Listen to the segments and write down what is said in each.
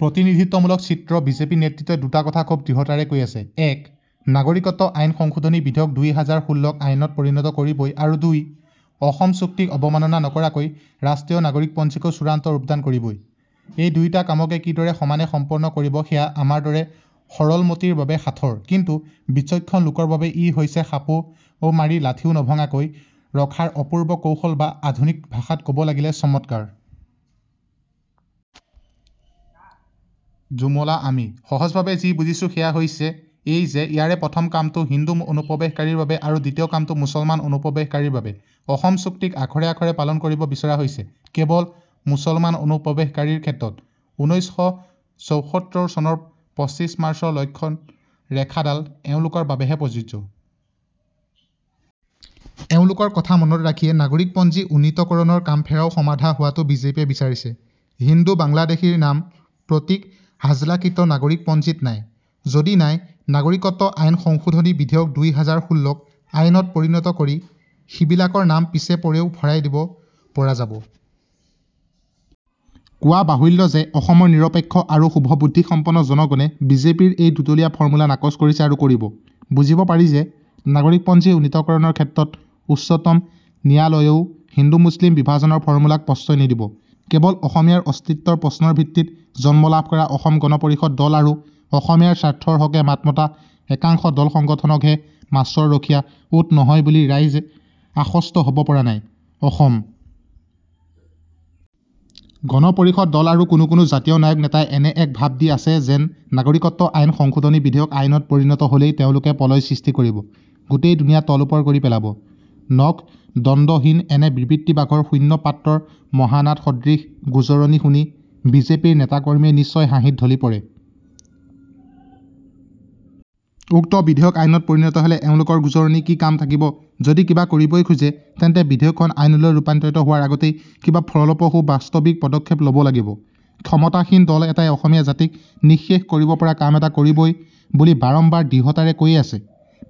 প্ৰতিনিধিত্বমূলক চিত্ৰ বিজেপি নেতৃত্বই দুটা কথা খুব দৃঢ়তাৰে কৈ আছে। এক- নাগৰিকত্ব আইন সংশোধনী বিধেয়ক দুই হাজাৰ ষোল্লক আইনত পৰিণত কৰিবই আৰু দুই- অসম চুক্তিক অৱমাননা নকৰাকৈ ৰাষ্ট্ৰীয় নাগৰিকপঞ্জীকো চূড়ান্ত ৰূপদান কৰিবই। এই দুয়োটা কামকে কিদৰে সমানে সম্পন্ন কৰিব সেয়া আমাৰ দৰে সৰলমতিৰ বাবে সাঁথৰ কিন্তু বিচক্ষণ লোকৰ বাবে ই হৈছে সাপো মাৰি লাঠীও নভঙাকৈ ৰখাৰ অপূৰ্ব কৌশল বা আধুনিক ভাষাত কব লাগিলে চমৎকাৰ । জুমলা আমি, সহজভাৱে যি বুজিছোঁ সেয়া হৈছে এই যে ইয়াৰে প্ৰথম কামটো হিন্দু অনুপ্ৰৱেশকাৰীৰ বাবে আৰু দ্বিতীয় কামটো মুছলমান অনুপ্ৰৱেশকাৰীৰ বাবে।‌অসম চুক্তিক আখৰে আখৰে পালন কৰিব বিচৰা হৈছে কেৱল মুছলমান অনুপ্ৰৱেশকাৰীৰ ক্ষেত্ৰত ঊনৈশ শ চৌসত্তৰ চনৰ পঁচিশ মাৰ্চৰ লক্ষণৰেখাডাল এওঁলোকৰ বাবেহে প্ৰযোজ্য। এওঁলোকৰ কথা মনত ৰাখিয়ে নাগৰিকপঞ্জী উন্নীতকৰণৰ কামফেৰাও সমাধা হোৱাটো বিজেপিয়ে বিচাৰিছে। হিন্দু বাংলাদেশীৰ নাম প্ৰতীক হাজেলাকৃত নাগৰিকপঞ্জীত নাই। যদি নাই নাগৰিকত্ব আইন সংশোধনী বিধেয়ক দুই হাজাৰ ষোল্লক আইনত পৰিণত কৰি সিবিলাকৰ নাম পিছেপৰেও ভৰাই দিব পৰা যাব। কোৱা বাহুল্য যে অসমৰ নিৰপেক্ষ আৰু শুভবুদ্ধিসম্পন্ন জনগণে বিজেপিৰ এই দুতলীয়া ফৰ্মুলা নাকচ কৰিছে আৰু কৰিব, বুজিব পাৰি যে নাগৰিকপঞ্জী উন্নীতকৰণৰ ক্ষেত্ৰত উচ্চতম ন্যায়ালয়েও হিন্দুমুছলিম বিভাজনৰ ফৰ্মুলাক প্ৰশ্ৰয় নিদিব। কেৱল অসমীয়াৰ অস্তিত্বৰ প্ৰশ্নৰ ভিত্তিত জন্ম লাভ কৰা অসম গণ পৰিষদ দল আৰু অসমীয়াৰ স্বাৰ্থৰ হকে মাত মতা একাংশ দলসংগঠনকহে মাছৰ ৰখীয়া, উদ নহয় বুলি ৰাইজ আশ্বস্ত হব পৰা নাই। অসম গণ পৰিষদ দল আৰু কোনো কোনো জাতীয় নায়ক নেতাই এনে এক ভাব দি আছে যেন নাগৰিকত্ব আইন সংশোধনী বিধেয়ক আইনত পৰিণত হ'লেই তেওঁলোকে প্ৰলয় সৃষ্টি কৰিব, গোটেই দুনিয়া তলওপৰ কৰি পেলাব। নখদন্তহীন এনে বিবৃতিবাঘৰ শূন্য পাত্ৰৰ মহানাদ সদৃশ গোঁজৰনি শুনি বিজেপিৰ নেতাকৰ্মীয়ে নিশ্চয় হাঁহিত ঢলি পৰে। উক্ত বিধেয়ক আইনত পৰিণত হ'লে এওঁলোকৰ গোঁজৰনিৰ কি কাম থাকিব যদি কিবা কৰিবই খোজে তেন্তে বিধেয়কখন আইনলৈ ৰূপান্তৰিত হোৱাৰ আগতেই কিবা ফলপ্ৰসূ বাস্তৱিক পদক্ষেপ লব লাগিব। ক্ষমতাসীন দল এটাই অসমীয়া জাতিক নিঃশেষ কৰিব পৰা কাম এটা কৰিবই বুলি বাৰম্বাৰ দৃঢ়তাৰে কৈয়েই আছে,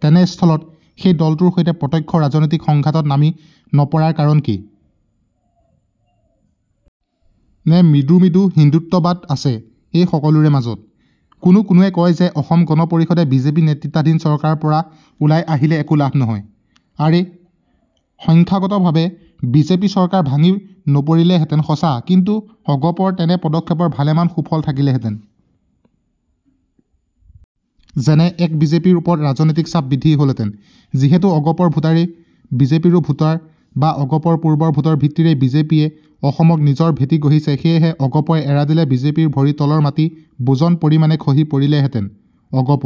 তেনেস্থলত সেই দলটোৰ সৈতে প্ৰত্যক্ষ ৰাজনৈতিক সংঘাতত নামি নপৰাৰ কাৰণ কি? নে মৃদু মৃদু হিন্দুত্ববাদ আছে এই সকলোৰে মাজত, কোনো কোনোৱে কয় যে অসম গণ পৰিষদে বিজেপি নেতৃত্বাধীন চৰকাৰৰ পৰা ওলাই আহিলে একো লাভ নহয়। আৰে, সংখ্যাগতভাৱে বিজেপি চৰকাৰ ভাঙি নপৰিলহেঁতেন সঁচা কিন্তু অগপৰ তেনে পদক্ষেপৰ ভালেমান সুফল থাকিলেহেঁতেন। যেনে, এক -বিজেপিৰ ওপৰত ৰাজনৈতিক চাপ বৃদ্ধি হলহেঁতেন, যিহেতু অগপৰ ভোটাৰেই বিজেপিৰো ভোটাৰ বা অগপৰ পূৰ্বৰ ভোটৰ ভিত্তিৰেই বিজেপিয়ে অসমত নিজৰ ভেটি গঢ়িছে। সেয়েহে অগপই এৰা দিলে বিজেপিৰ ভৰিৰ তলৰ মাটি বুজন পৰিমাণে খহি পৰিলহেঁতেন। অগপ